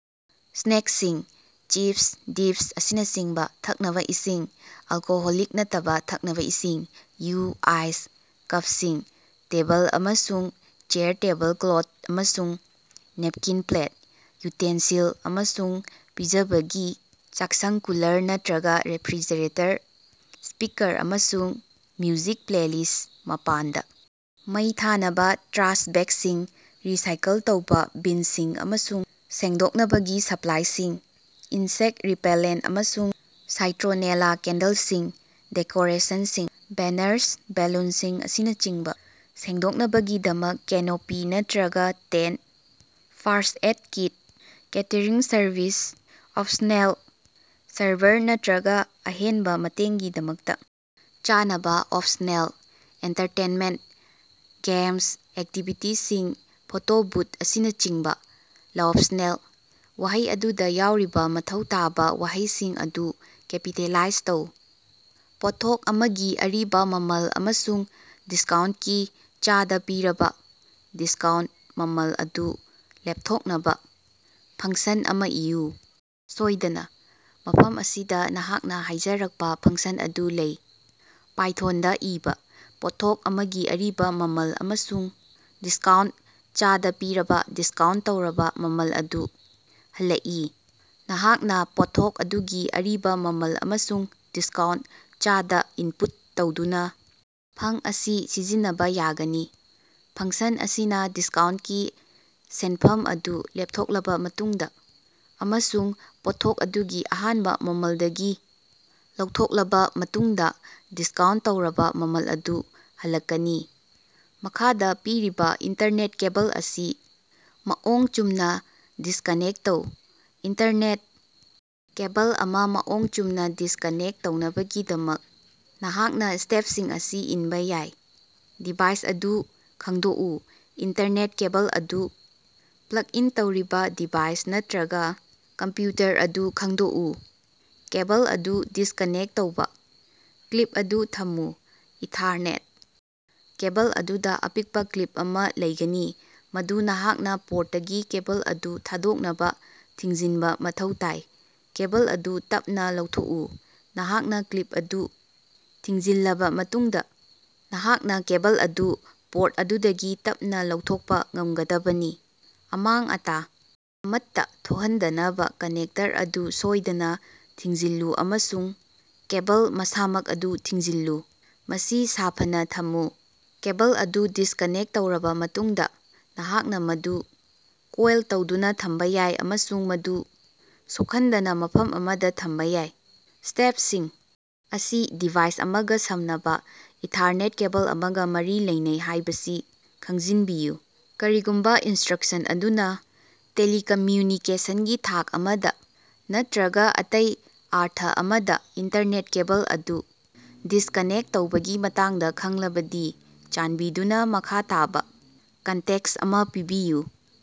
Snacking (chips, dips, ꯑꯁꯤꯅꯆꯤꯡꯕ) ꯊꯛꯅꯕ ꯏꯁꯤꯡ (ꯑꯜꯀꯣꯍꯣꯂꯤꯛ ꯅꯠꯇꯕ ꯊꯛꯅꯕ ꯏꯁꯤꯡ, ꯌꯨ, ꯑꯥꯏꯁ, ꯀꯞꯁꯤꯡ) ꯇꯦꯕꯜ ꯑꯃꯁꯨꯡ ꯆꯦꯌꯔ ꯇꯦꯕꯜ ꯀ꯭ꯂꯣꯊ ꯑꯃꯁꯨꯡ ꯅꯦꯞꯀꯤꯟ ꯄ꯭ꯂꯦꯠ, ꯌꯨꯇꯦꯟꯁꯤꯜ, ꯑꯃꯁꯨꯡ ꯄꯤꯖꯕꯒꯤ ꯆꯥꯛꯁꯪ ꯀꯨꯂꯔ ꯅꯠꯇ꯭ꯔꯒ ꯔꯦꯐ꯭ꯔꯤꯖꯔꯦꯇꯔ ꯁ꯭ꯄꯤꯀꯔ ꯑꯃꯁꯨꯡ ꯃ꯭ꯌꯨꯖꯤꯛ ꯄ꯭ꯂꯦꯂꯤꯁ ꯃꯄꯥꯟꯗ ꯃꯩ ꯊꯥꯅꯕ ꯇ꯭ꯔꯥꯁ ꯕꯦꯒꯁꯤꯡ, ꯔꯤꯁꯥꯏꯀꯜ ꯇꯧꯕ ꯕꯤꯟꯁꯤꯡ, ꯑꯃꯁꯨꯡ ꯁꯦꯡꯗꯣꯛꯅꯕꯒꯤ ꯁꯄ꯭ꯂꯥꯏꯁꯤꯡ ꯏꯟꯁꯦꯛ ꯔꯤꯄꯦꯂꯦꯟꯠ ꯑꯃꯁꯨꯡ ꯁꯥꯏꯇ꯭ꯔꯣꯅꯦꯂꯥ ꯀꯦꯟꯗꯜꯁꯤꯡ ꯗꯦꯀꯣꯔꯦꯁꯟꯁꯤꯡ (ꯕꯦꯅꯔꯁ, ꯕꯦꯂꯨꯟꯁꯤꯡ, ꯑꯁꯤꯅꯆꯤꯡꯕ) ꯁꯦꯡꯗꯣꯛꯅꯕꯒꯤꯗꯃꯛ ꯀꯦꯅꯣꯄꯤ ꯅꯠꯇ꯭ꯔꯒ tent first aid kit catering service (optional) server ꯅꯠꯇ꯭ꯔꯒ ꯑꯍꯦꯟꯕ ꯃꯇꯦꯡꯒꯤꯗꯃꯛꯇ꯫ ꯆꯥꯟꯕ (ꯑꯣꯞꯁꯅꯦꯜ) ꯑꯦꯟꯇꯔꯇꯦꯟꯃꯦꯟꯠ (ꯒꯦꯝꯁ, ꯑꯦꯛꯇꯤꯚꯤꯇꯤꯁꯤꯡ, ꯐꯣꯇꯣ ꯕꯨꯊ, ꯑꯁꯤꯅꯆꯤꯡꯕ) ꯂꯑꯣꯞꯁꯅꯦꯜ꯫ ꯋꯥꯍꯩ ꯑꯗꯨꯗ ꯌꯥꯎꯔꯤꯕ ꯃꯊꯧ ꯇꯥꯕ ꯋꯥꯍꯩꯁꯤꯡ ꯑꯗꯨ ꯀꯦꯄꯤꯇꯦꯂꯥꯏꯖ ꯇꯧ꯫ ꯄꯣꯠꯊꯣꯛ ꯑꯃꯒꯤ ꯑꯔꯤꯕ ꯃꯃꯜ ꯑꯃꯁꯨꯡ ꯗꯤꯁꯀꯥꯎꯟꯠꯀꯤ ꯆꯥꯗ ꯄꯤꯔꯕ ꯗꯤꯁꯀꯥꯎꯟꯠ ꯃꯃꯜ ꯑꯗꯨ ꯂꯦꯄꯊꯣꯛꯅꯕ ꯐꯪꯁꯟ ꯑꯃ ꯏꯌꯨ꯫ ꯁꯣꯏꯗꯅ, ꯃꯐꯝ ꯑꯁꯤꯗ ꯅꯍꯥꯛꯅ ꯍꯥꯏꯖꯔꯛꯄ ꯐꯪꯁꯟ ꯑꯗꯨ ꯂꯩ, ꯄꯥꯏꯊꯣꯟꯗ ꯏꯕ, ꯄꯣꯠꯊꯣꯛ ꯑꯃꯒꯤ ꯑꯔꯤꯕ ꯃꯃꯜ ꯑꯃꯁꯨꯡ ꯗꯤꯁꯀꯥꯎꯟꯠ ꯆꯥꯗ ꯄꯤꯔꯕ ꯗꯤꯁꯀꯥꯎꯟꯠ ꯇꯧꯔꯕ ꯃꯃꯜ ꯑꯗꯨ ꯍꯜꯂꯛꯏ꯫ ꯅꯍꯥꯛꯅ ꯄꯣꯠꯊꯣꯛ ꯑꯗꯨꯒꯤ ꯑꯔꯤꯕ ꯃꯃꯜ ꯑꯃꯁꯨꯡ ꯗꯤꯁꯀꯥꯎꯟꯠ ꯆꯥꯗ ꯏꯟꯄꯨꯠ ꯇꯧꯗꯨꯅ ꯐꯪ ꯑꯁꯤ ꯁꯤꯖꯤꯟꯅꯕ ꯌꯥꯒꯅꯤ꯫ ꯐꯪꯁꯟ ꯑꯁꯤꯅ ꯗꯤꯁꯀꯥꯎꯟꯠꯀꯤ ꯁꯦꯟꯐꯝ ꯑꯗꯨ ꯂꯦꯞꯊꯣꯛꯂꯕ ꯃꯇꯨꯡꯗ ꯑꯃꯁꯨꯡ ꯄꯣꯠꯊꯣꯛ ꯑꯗꯨꯒꯤ ꯑꯍꯥꯟꯕ ꯃꯃꯜꯗꯒꯤ ꯂꯧꯊꯣꯛꯂꯕ ꯃꯇꯨꯡꯗ ꯗꯤꯁꯀꯥꯎꯟꯠ ꯇꯧꯔꯕ ꯃꯃꯜ ꯑꯗꯨ ꯍꯜꯂꯛꯀꯅꯤ꯫ ꯃꯈꯥꯗ ꯄꯤꯔꯤꯕ ꯏꯟꯇꯔꯅꯦꯠ ꯀꯦꯕꯜ ꯑꯁꯤ ꯃꯑꯣꯡ ꯆꯨꯝꯅ ꯗꯤꯁꯀꯅꯦꯛ ꯇꯧ꯫ ꯏꯟꯇꯔꯅꯦꯠ ꯀꯦꯕꯜ ꯑꯃ ꯃꯑꯣꯡ ꯆꯨꯝꯅ ꯗꯤꯁꯀꯅꯦꯛ ꯇꯧꯅꯕꯒꯤꯗꯃꯛ, ꯅꯍꯥꯛꯅ ꯁ꯭ꯇꯦꯞꯁꯤꯡ ꯑꯁꯤ ꯏꯟꯕ ꯌꯥꯏ: ꯗꯤꯚꯥꯏꯁ ꯑꯗꯨ ꯈꯪꯗꯣꯛꯎ: ꯏꯟꯇꯔꯅꯦꯠ ꯀꯦꯕꯜ ꯑꯗꯨ ꯄ꯭ꯂꯒ ꯏꯟ ꯇꯧꯔꯤꯕ ꯗꯤꯚꯥꯏꯁ ꯅꯠꯇ꯭ꯔꯒ ꯀꯝꯄ꯭ꯌꯨꯇꯔ ꯑꯗꯨ ꯈꯪꯗꯣꯛꯎ꯫ ꯀꯦꯕꯜ ꯑꯗꯨ ꯗꯤꯁꯀꯅꯦꯛ ꯇꯧꯕ꯫ ꯀ꯭ꯂꯤꯞ ꯑꯗꯨ ꯊꯝꯃꯨ: ꯏꯊꯥꯔꯅꯦꯠ ꯀꯦꯕꯜ ꯑꯗꯨꯗ ꯑꯄꯤꯛꯄ ꯀ꯭ꯂꯤꯞ ꯑꯃ ꯂꯩꯒꯅꯤ, ꯃꯗꯨ ꯅꯍꯥꯛꯅ ꯄꯣꯔꯠꯇꯒꯤ ꯀꯦꯕꯜ ꯑꯗꯨ ꯊꯥꯗꯣꯛꯅꯕ ꯊꯤꯡꯖꯤꯟꯕ ꯃꯊꯧ ꯇꯥꯏ꯫ ꯀꯦꯕꯜ ꯑꯗꯨ ꯇꯞꯅ ꯂꯧꯊꯣꯛꯎ: ꯅꯍꯥꯛꯅ ꯀ꯭ꯂꯤꯞ ꯑꯗꯨ ꯊꯤꯡꯖꯤꯜꯂꯕ ꯃꯇꯨꯡꯗ, ꯅꯍꯥꯛꯅ ꯀꯦꯕꯜ ꯑꯗꯨ ꯄꯣꯔꯠ ꯑꯗꯨꯗꯒꯤ ꯇꯞꯅ ꯂꯧꯊꯣꯛꯄ ꯉꯝꯒꯗꯕꯅꯤ꯫ ꯑꯃꯥꯡ-ꯑꯇꯥ ꯑꯃꯠꯇ ꯊꯣꯛꯍꯟꯗꯅꯕ ꯀꯅꯦꯛꯇꯔ ꯑꯗꯨ ꯁꯣꯏꯗꯅ ꯊꯤꯡꯖꯤꯜꯂꯨ ꯑꯃꯁꯨꯡ ꯀꯦꯕꯜ ꯃꯁꯥꯃꯛ ꯑꯗꯨ ꯊꯤꯡꯖꯤꯜꯂꯨ꯫ ꯃꯁꯤ ꯁꯥꯐꯅ ꯊꯝꯃꯨ: ꯀꯦꯕꯜ ꯑꯗꯨ ꯗꯤꯁꯀꯅꯦꯛꯇ ꯇꯧꯔꯕ ꯃꯇꯨꯡꯗ, ꯅꯍꯥꯛꯅ ꯃꯗꯨ ꯀꯣꯏꯜ ꯇꯧꯗꯨꯅ ꯊꯝꯕ ꯌꯥꯏ ꯑꯃꯁꯨꯡ ꯃꯗꯨ ꯁꯣꯛꯍꯟꯗꯕ ꯃꯐꯝ ꯑꯃꯗ ꯊꯝꯕ ꯌꯥꯏ꯫ ꯁ꯭ꯇꯦꯞꯁꯤꯡ ꯑꯁꯤ ꯗꯤꯚꯥꯏꯁ ꯑꯃꯒ ꯁꯝꯅꯕ ꯏꯊꯥꯔꯅꯦꯠ ꯀꯦꯕꯜ ꯑꯃꯒ ꯃꯔꯤ ꯂꯩꯅꯩ ꯍꯥꯏꯕꯁꯤ ꯈꯪꯖꯤꯟꯕꯤꯌꯨ꯫ ꯀꯔꯤꯒꯨꯝꯕ ꯏꯟꯁꯇ꯭ꯔꯛꯁꯟ ꯑꯗꯨꯅ ꯇꯦꯂꯤꯀꯃ꯭ꯌꯨꯅꯤꯀꯦꯁꯟꯒꯤ ꯊꯥꯛ ꯑꯃꯗ ꯅꯠꯇ꯭ꯔꯒ ꯑꯇꯩ ꯑꯔꯊ ꯑꯃꯗ ꯏꯟꯇꯔꯅꯦꯠ ꯀꯦꯕꯜ ꯑꯗꯨ ꯗꯤꯁꯀꯅꯦꯛ ꯇꯧꯕꯒꯤ ꯃꯇꯥꯡꯗ ꯈꯪꯂꯕꯗꯤ ꯆꯥꯟꯕꯤꯗꯨꯅ ꯃꯈꯥ ꯇꯥꯕ ꯀꯟꯇꯦꯛꯁ ꯑꯃ ꯄꯤꯕꯤꯌꯨ꯫